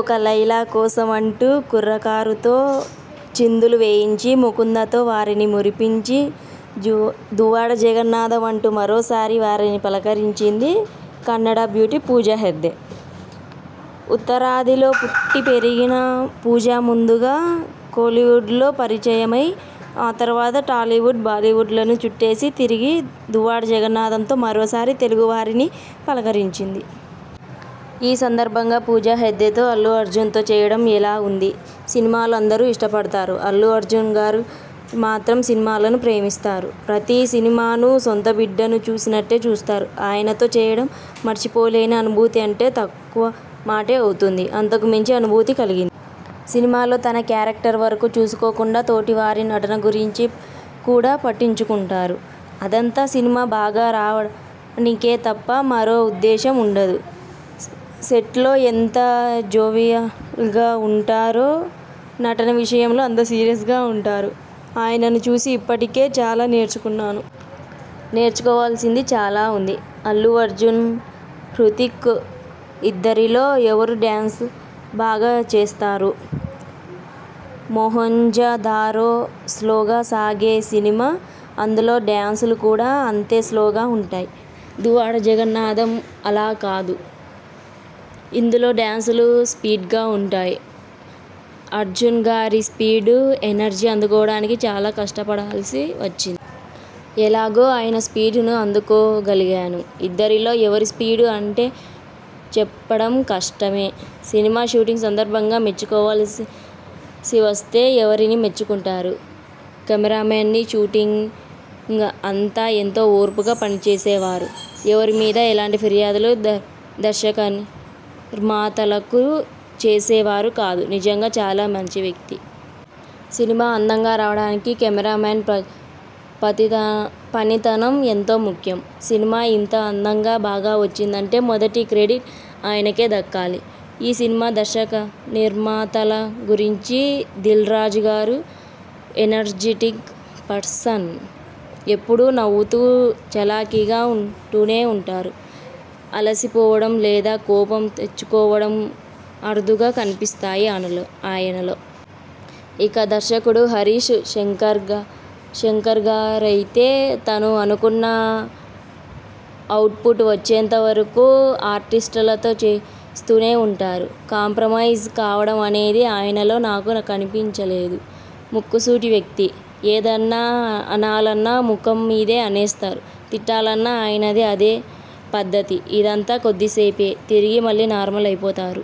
ఒక లైలా కోసం అంటూ కుర్రకారుతో చిందులు వేయించి, 'ముకుంద'తో వారిని మురిపించి జు 'దువ్వాడ జగన్నాథం' అంటూ మరోసారి వారిని పలకరించింది కన్నడ బ్యూటీ పూజా హెగ్డె. ఉత్తరాదిలో పుట్టి పెరిగిన పూజా ముందుగా కోలీవుడ్లో పరిచయమై, ఆ తర్వాత టాలీవుడ్, బాలీవుడ్లను చుట్టేసి తిరిగి 'దువ్వాడ జగన్నాథం'తో మరోసారి తెలుగు వారిని పలకరించింది. ఈ సందర్భంగా పూజా హెగ్డెతో- అల్లుఅర్జున్తో చేయడం ఎలా ఉంది? సినిమాలు అందరూ ఇష్టపడతారు. అల్లు అర్జున్గారు మాత్రం సినిమాలను ప్రేమిస్తారు. ప్రతి సినిమాను సొంత బిడ్డను చూసినట్టే చూస్తారు. ఆయనతో చేయడం మరిచిపోలేని అనుభూతి అంటే తక్కువ మాటే అవుతుంది. అంతకుమించి అనుభూతి కలిగి. సినిమాలో తన క్యారక్టర్ వరకూ చూసుకోకుండా తోటి వారి నటన గురించి కూడా పట్టించుకుంటారు. అదంతా సినిమా బాగా రావనికే తప్ప మరో ఉద్దేశం ఉండదు. సెట్లో ఎంత జోవియల్గా ఉంటారో, నటన విషయంలో అంత సీరియస్గా ఉంటారు. ఆయనను చూసి ఇప్పటికే చాలా నేర్చుకున్నాను. నేర్చుకోవలసింది చాలా ఉంది. అల్లు అర్జున్, హృతిక్ ఇద్దరిలో ఎవరు డ్యాన్స్ బాగా చేస్తారు? 'మొహంజదారో' స్లోగా సాగే సినిమా. అందులో డ్యాన్సులు కూడా అంతే స్లోగా ఉంటాయి. 'దువ్వాడ జగన్నాథం' అలా కాదు. ఇందులో డ్యాన్సులు స్పీడ్గా ఉంటాయి.. అర్జున్గారి స్పీడు, ఎనర్జీ అందుకోవడానికి చాలా కష్టపడాల్సి వచ్చి. ఎలాగో ఆయన స్పీడును అందుకోగలిగాను. ఇద్దరిలో ఎవరు స్పీడు అంటే చెప్పడం కష్టమే! సినిమా షూటింగ్ సందర్భంగా మెచ్చుకోవలసి వస్తే ఎవరిని మెచ్చుకుంటారు? కెమెరామెన్ని. షూటింగ్ అంతా ఎంతో ఓర్పుగా పనిచేసేవారు. ఎవరిమీదా ఎలాంటి ఫిర్యాదులు దర్శకనిర్మాతలకు చేసేవారు కాదు. నిజంగా చాలా మంచి వ్యక్తి. సినిమా అందంగా రావడానికి కెమెరామెన్ పతిత పనితనం ఎంతో ముఖ్యం. సినిమా ఇంత అందంగా, బాగా వచ్చింది అంటే మొదటి క్రెడిట్ ఆయనకే దక్కాలి. ఈ సినిమా దర్శకనిర్మాతల గురించి దిల్రాజుగారు ఎనర్జిటిక్ పర్సన్. ఎప్పుడూ నవ్వుతూ, చలాకీగా ఉంటూనే ఉంటారు. అలసి పోవడం, లేదా కోపం తెచ్చుకోవడం అరుదుగా కనిపిస్తాయి అయినలో ఆయనలో. ఇక దర్శకుడు హరీష్ శంకర్గా శంకర్గారయితే తను అనుకున్న అవుట్పుట్ వచ్చేంత వరకూ ఆర్టిస్టులతో చేయిస్తూనే ఉంటారు. కాంప్రమైజ్ కావడం అనేది ఆయనలో నాకు కనిపించలేదు. ముక్కుసూటి వ్యక్తి. ఏదన్నా అనాలన్నా ముఖం మీదే అనేస్తారు. తిట్టాలన్నా ఆయనది అదే పద్ధతి. ఇదంతా కొద్దిసేపే. తిరిగి మళ్ళీ నార్మల్ అయిపోతారు.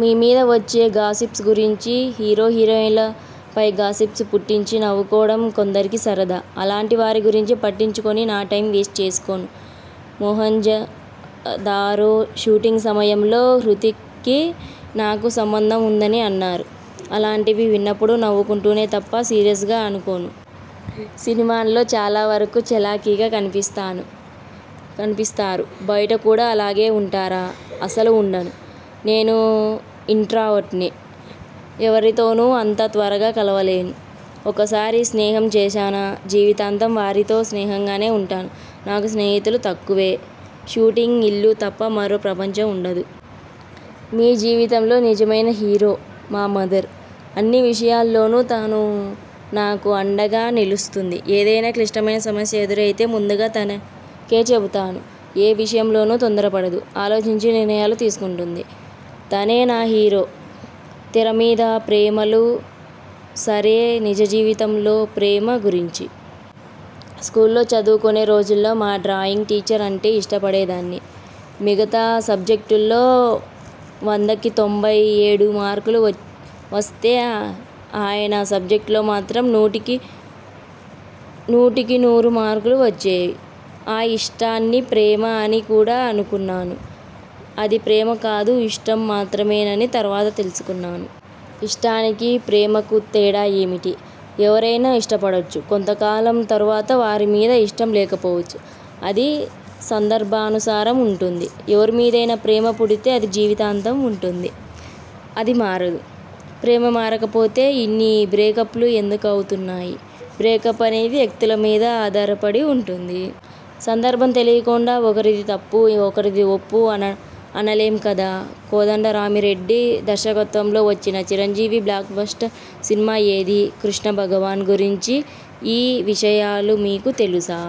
మీమీద వచ్చే గాసిప్స్ గురించి? హీరో హీరోయిన్లపై గాసిప్పు పుట్టించి నవ్వుకోవడం కొందరికి సరదా. అలాంటి వారి గురించి పట్టించుకుని నా టైం వేస్ట్ చేసుకోను. 'మొహంజదారో' షూటింగ్ సమయంలో హృతిక్కీ నాకు సంబంధం ఉందని అన్నారు. అలాంటివి విన్నప్పుడు నవ్వుకుంటానే తప్ప సీరియస్గా అనుకోను. సినిమాల్లో చాలా వరకూ చలాకీగా కనిపిస్తాను కనిపిస్తారు. బయట కూడా అలాగే ఉంటారా? అస్సలు ఉండను. నేను ఇంట్రావర్ట్ని. ఎవ్వరితోనూ అంత త్వరగా కలవలేను. ఒకసారి స్నేహం చేశానా? జీవితాంతం వారితో స్నేహంగానే ఉంటాను. నాకు స్నేహితులు తక్కువే! షూటింగ్, ఇల్లు తప్ప మరో ప్రపంచం ఉండదు. మీ జీవితంలో నిజమైన హీరో? మా మదర్. అన్ని విషయాల్లోనూ తను నాకు అండగా నిలుస్తుంది. ఏదైనా క్లిష్టమైన సమస్య ఎదురైతే ముందుగా తనకే చెబుతాను. ఏ విషయంలోనూ తొందరపడదు. ఆలోచించి నిర్ణయాలు తీసుకుంటుంది. తనే నా హీరో. తెర మీద ప్రేమలు సరే నిజజీవితంలోప్రేమ గురించి? స్కూల్లో చదువుకునే రోజుల్లో మా డ్రాయింగ్ టీచర్ అంటే ఇష్టపడేదాన్ని. మిగత సబ్జెక్టుల్లో వందకి తొంభై ఏడు మార్కులు వ వస్తే ఆయన సబ్జెక్టులో మాత్రం నూటికి నూటికినూరు మార్కులు వచ్చేవి. ఆ ఇష్టాన్ని ప్రేమ అని కూడా అనుకున్నాను. అది ప్రేమ కాదు, ఇష్టం మాత్రమేనని తరువాత తెలుసుకున్నాను. ఇష్టానికీ, ప్రేమకూ తేడా ఏమిటి? ఎవరరైనా ఇష్టపడవచ్చు. కొంత కాలం తరువాత వారి మీద ఇష్టం లేకపోవచ్చు. అది సందర్భానుసారం ఉంటుంది. ఎవరిమీదైనా ప్రేమ పుడితే అది జీవితాంతం ఉంటుంది. అది మారదు. ప్రేమ మారకపోతే ఇన్ని బ్రేకప్లు ఎందుకు అవుతున్నాయి? బ్రేకప్ అనేది వ్యక్తుల మీద ఆధారపడి ఉంటుంది. సందర్భం తెలియకుండా ఒకరిది తప్పు, ఒకరిది ఒప్పు అన అనలేం కదా? కోదండరామిరెడ్డి దర్వకత్వంలో వచ్చిన చిరంజీవి బ్లాక్ బస్టర్ సినిమా ఏది? కృష్ణభగవాన్ గురించి ఈ విషయాలు మీకు తెలుసా?